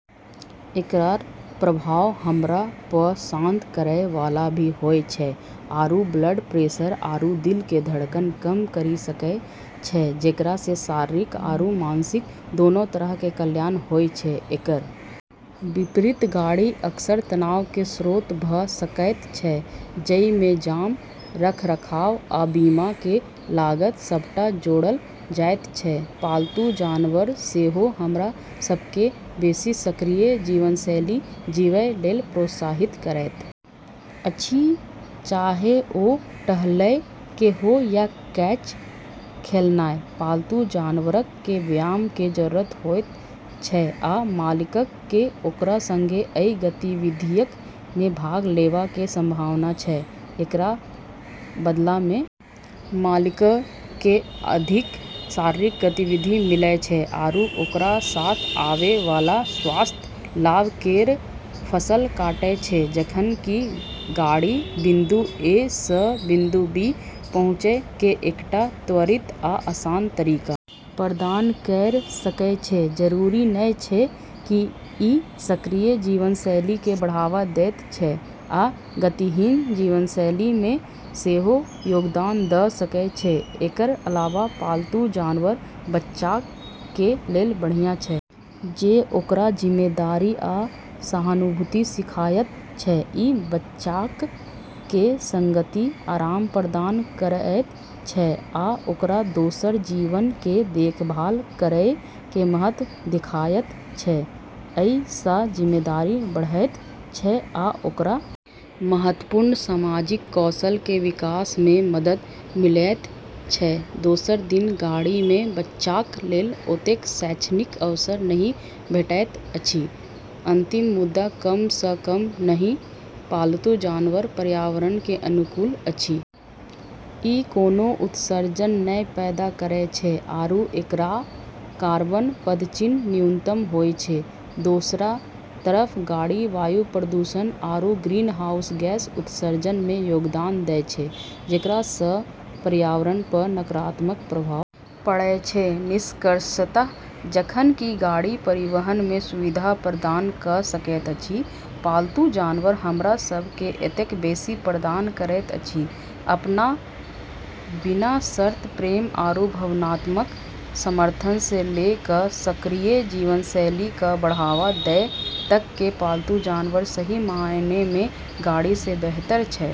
एकरऽ प्रभाव हमरा प॑ शांत करै वाला भी होय छै आरू ब्लड प्रेशर आरू दिल के धड़कन कम करी सकै छै जेकरा से शारीरिक आरू मानसिक दोनों तरह के कल्याण होय छै, एकर विपरीत गाड़ी अक्सर तनाव कें स्रोत भ सकएयत छै, जइ मे जाम, रखरखाव आ बीमा कें लागत सबटा जोड़ल जायत छै, पालतू जानवर सेहो हमरा सबके बेसी सक्रिय जीवनशैली जीबय लेल प्रोत्साहित करैत अछि चाहे ओ टहलएय कें हो या कैच खेलनाय, पालतू जानवरक कें व्यायाम कें जरूरत होयत छै आ मालिकक कें ओकरा संगे अइ गतिविधियक मे भाग लेवा कें संभावना छै, एकरऽ बदला मे मालिकऽ के अधिक शारीरिक गतिविधि मिलै छै आरू ओकरा साथ आबै वाला स्वास्थ्य लाभ केरऽ फसल काटै छै जखन कि गाड़ी बिंदु ए सं बिंदु बी पहुंचय कें एकटा त्वरित आ आसान तरीका प्रदान कयर सकय छै, जरूरी नै छै कि इ सक्रिय जीवनशैली कें बढ़ावा देयत छै आ गतिहीन जीवनशैली मे सेहो योगदान द सकय छै, एकर अलावा पालतू जानवर बच्चाक कें लेल बढ़िया छै जे ओकरा जिम्मेदारी आ सहानुभूति सिखायत छै, इ बच्चाक कें संगति, आराम प्रदान करएयत छै आ ओकरा दोसर जीव कें देखभाल करएय कें महत्व देखाएयत छै, अइ सं जिम्मेदारी बढ़एयत छै आ ओकरा महत्वपूर्ण सामाजिक कौशल कें विकास मे मदद मिलएयत छै, दोसर दिस गाड़ी मे बच्चाक लेल ओतेक शैक्षणिक अवसर नहि भेटैत अछि अंतिम मुदा कम सं कम नहिं पालतू जानवर पर्यावरण के अनुकूल अछि, ई कोनों उत्सर्जन नै पैदा करै छै आरू एकरऽ कार्बन पदचिह्न न्यूनतम होय छै, दोसरऽ तरफ गाड़ी वायु प्रदूषण आरू ग्रीनहाउस गैस उत्सर्जन मे योगदान दै छै जेकरा सं पर्यावरण प नकारात्मक प्रभाव पड़ै छै, निष्कर्षतः जखन कि गाड़ी परिवहन में सुविधा प्रदान क सकैत अछि, पालतू जानवर हमरा सब के एतेक बेसी प्रदान करैत अछि, अपनऽ बिना शर्त प्रेम आरू भावनात्मक समर्थन से ले क सक्रिय जीवनशैली क बढ़ावा दै तक के पालतू जानवर सही मायने मे गाड़ी से बेहतर छै।